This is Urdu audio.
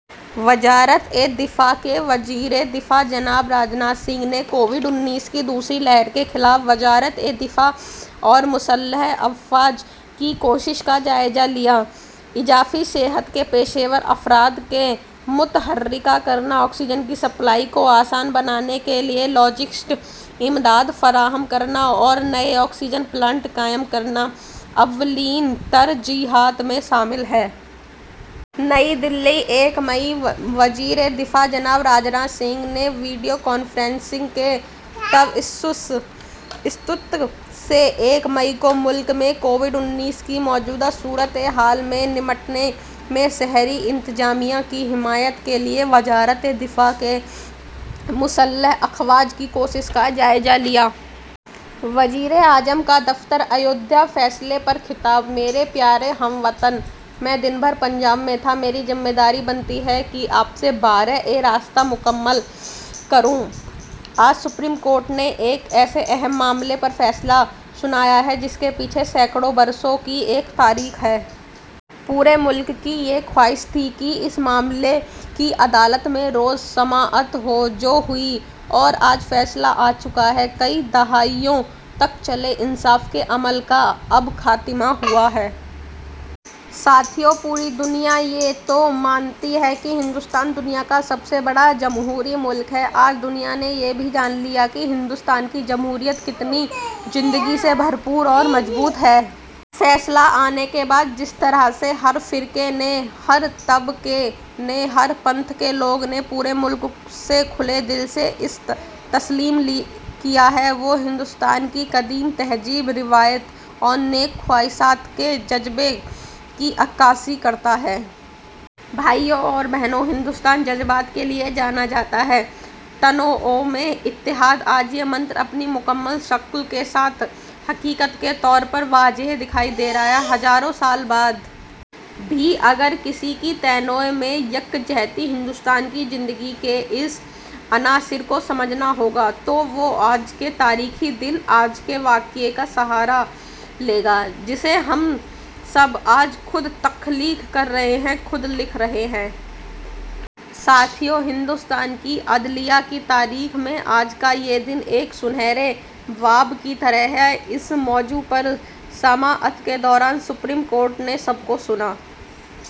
وزارت دفاع وزیر دفاع جناب راج ناتھ سنگھ نے کووِڈ انیس کی دوسری لہر کے خلاف وزارت دفاع اور مسلح افواج کی کوششوں کا جائزہ لیا۔ اضافی صحت کے پیشہ ور افراد کو متحرک کرنا، آکسیجن کی سپلائی کو آسان بنانے کے لیے لاجسٹک امداد فراہم کرنا اور نئے آکسیجن پلانٹ قائم کرنا اولین ترجیحات میں شامل ہیں۔ نئی دہلی، یکم مئی: وزیر دفاع جناب راج ناتھ سنگھ نے ویڈیو کانفرنسنگ کے توسط سے یکم مئی کو ملک میں کووِڈ انیس کی موجودہ صورتحال سے نمٹنے میں شہری انتظامیہ کی حمایت کے لیے وزارت دفاع اور مسلح افواج کی کوششوں کا جائزہ لیا۔ وزیراعظم کا دفتر ایودھیا فیصلے پر خطاب میرے پیارے ہم وطنوں، میں دن بھر پنجاب میں تھا۔ میری ذمہ داری بنتی ہے کہ آپ سے براہِ راست مکالمہ کروں۔ آج سپریم کورٹ نے ایک ایسے اہم معاملے پر فیصلہ سنایا ہے، جس کے پیچھے سینکڑوں برسوں کی ایک تاریخ ہے۔ پورے ملک کی یہ خواہش تھی کہ اس معاملے کی عدالت میں روز سماعت ہو، جو ہوئی، اور آج فیصلہ آ چکا ہے۔ کئی دہائیوں تک چلے انصاف کے عمل کا اب خاتمہ ہوا ہے۔ ساتھیو، پوری دنیا یہ تو مانتی ہی ہے کہ ہندوستان دنیا کا سب سے بڑا جمہوری ملک ہے۔ آج دنیا نے یہ بھی جان لیا ہے کہ ہندوستان کی جمہوریت کتنی زندگی سے بھرپور اور مضبوط ہے۔ فیصلہ آنے کے بعد جس طرح ہر فرقے نے، ہر طبقے نے، ہر پنتھ کے لوگوں نے پورے ملک سے کھلے دل سے اسے تسلیم کیا ہے، وہ ہندوستان کی قدیم تہذیب، روایات اور نیک خواہشات کے جذبے کی عکاسی کرتا ہے۔ بھائیو اور بہنو، ہندوستان جذبات کے لیے جانا جاتا ہے۔ تنوع میں اتحاد، آج یہ منتر اپنی مکمل شکل کے ساتھ حقیقت کے طور پر واضح دکھائی دے رہا ہے۔ ہزاروں سال بعد بھی اگر کسی کو تنوع میں یکجہتی، ہندوستان کی زندگی کے اس عنصر کو سمجھنا ہوگا، تو وہ آج کے تاریخی دن، آج کے واقعے کا سہارا لے گا، جسے ہم سب آج خود تخلیق کر رہے ہیں، خود لکھ رہے ہیں۔ ساتھیو، ہندوستان کی عدلیہ کی تاریخ میں آج کا یہ دن ایک سنہرے باب کی طرح ہے۔ اس موضوع پر سماعت کے دوران سپریم کورٹ نے سب کو سنا۔